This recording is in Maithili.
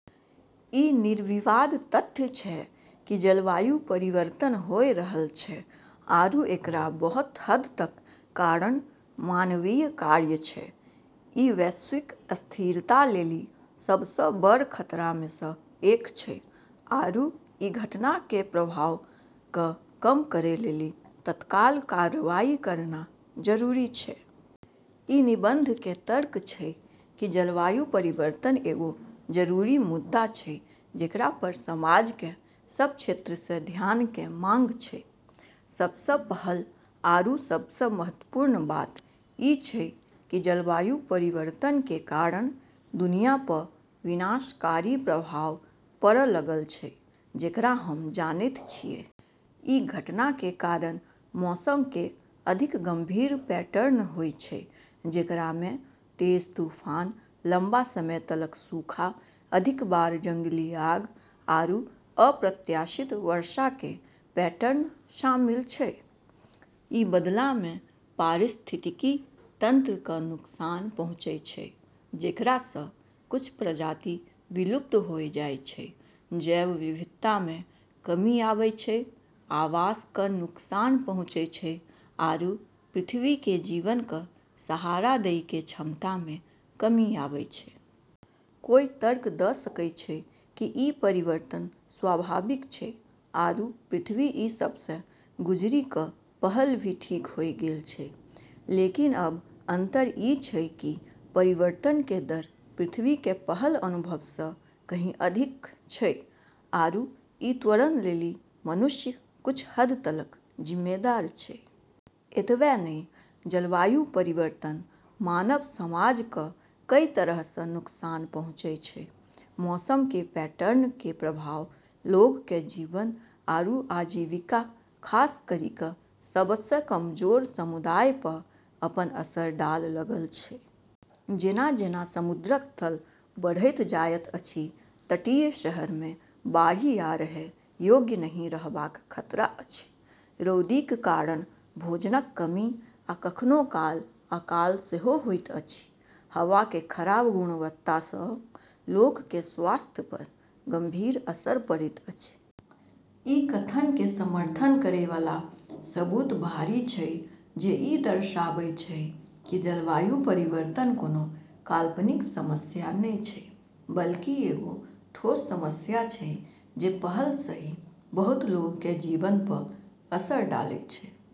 ई निर्विवाद तथ्य छै कि जलवायु परिवर्तन होय रहल छै आरू एकरा बहुत हद तक कारण मानवीय कार्य छै। ई वैश्विक स्थिरता लेली सबस बड़ खतरा मे स एक छै, आरू ई घटना के प्रभाव क कम करै लेली तत्काल कार्रवाई करना जरूरी छै। ई निबंध के तर्क छै कि जलवायु परिवर्तन एगो जरूरी मुद्दा छै जेकरा पर समाज के सब क्षेत्र स ध्यान के मांग छै। सबस पहल आरू सबस महत्वपूर्ण बात ई छै कि जलवायु परिवर्तन के कारण दुनिया प विनाशकारी प्रभाव पड़ लगल छै जेकरा हम जानत छियै। ई घटना के कारण मौसम के अधिक गंभीर पैटर्न होय छै, जेकरा मे तेज तूफान, लंबा समय तलक सूखा, अधिक बार जंगली आग, आरू अप्रत्याशित वर्षा के पैटर्न शामिल छै। ई बदला मे पारिस्थितिकी तंत्र क नुकसान पहुँचै छै, जेकरा स कुछ प्रजाति विलुप्त होय जाय छै, जैव विविधता मे कमी आबै छै, आवास क नुकसान पहुँचै छै आरू पृथ्वी के जीवन क सहारा दै के क्षमता मे कमी आबै छै। कोय तर्क द सकै छै कि ई परिवर्तन स्वाभाविक छै, आरू पृथ्वी ई सब स गुजरी क पहल भी ठीक होय गेल छै। लेकिन, अब अंतर ई छै कि परिवर्तन के दर पृथ्वी के पहल अनुभव स कहीं अधिक छै आरू ई त्वरण लेली मनुष्य कुछ हद तलक जिम्मेदार छै। एतबे नै जलवायु परिवर्तन मानव समाज क कई तरह स नुकसान पहुँचै छै। मौसम के पैटर्न के प्रभाव लोग के जीवन आरू आजीविका खास करी क सबस कमजोर समुदाय प अपन असर डाल लगल छै। जेना-जेना समुद्रक तल बढ़ैत जायत अछि, तटीय शहर मे बाढ़ि आ रहय योग्य नहिं रहबाक खतरा अछि। रौदीक कारण भोजनक कमी आ कखनो काल अकाल सेहो होइत अछि। हवा के खराब गुणवत्ता सं लोक के स्वास्थ्य पर गंभीर असर पड़ैत अछि। ई कथन के समर्थन करै वाला सबूत भारी छै, जे ई दर्शाबै छै कि जलवायु परिवर्तन कोनो काल्पनिक समस्या नै छै, बल्कि एगो ठोस समस्या छै जे पहल स ही बहुत लोग के जीवन प असर डालै छै।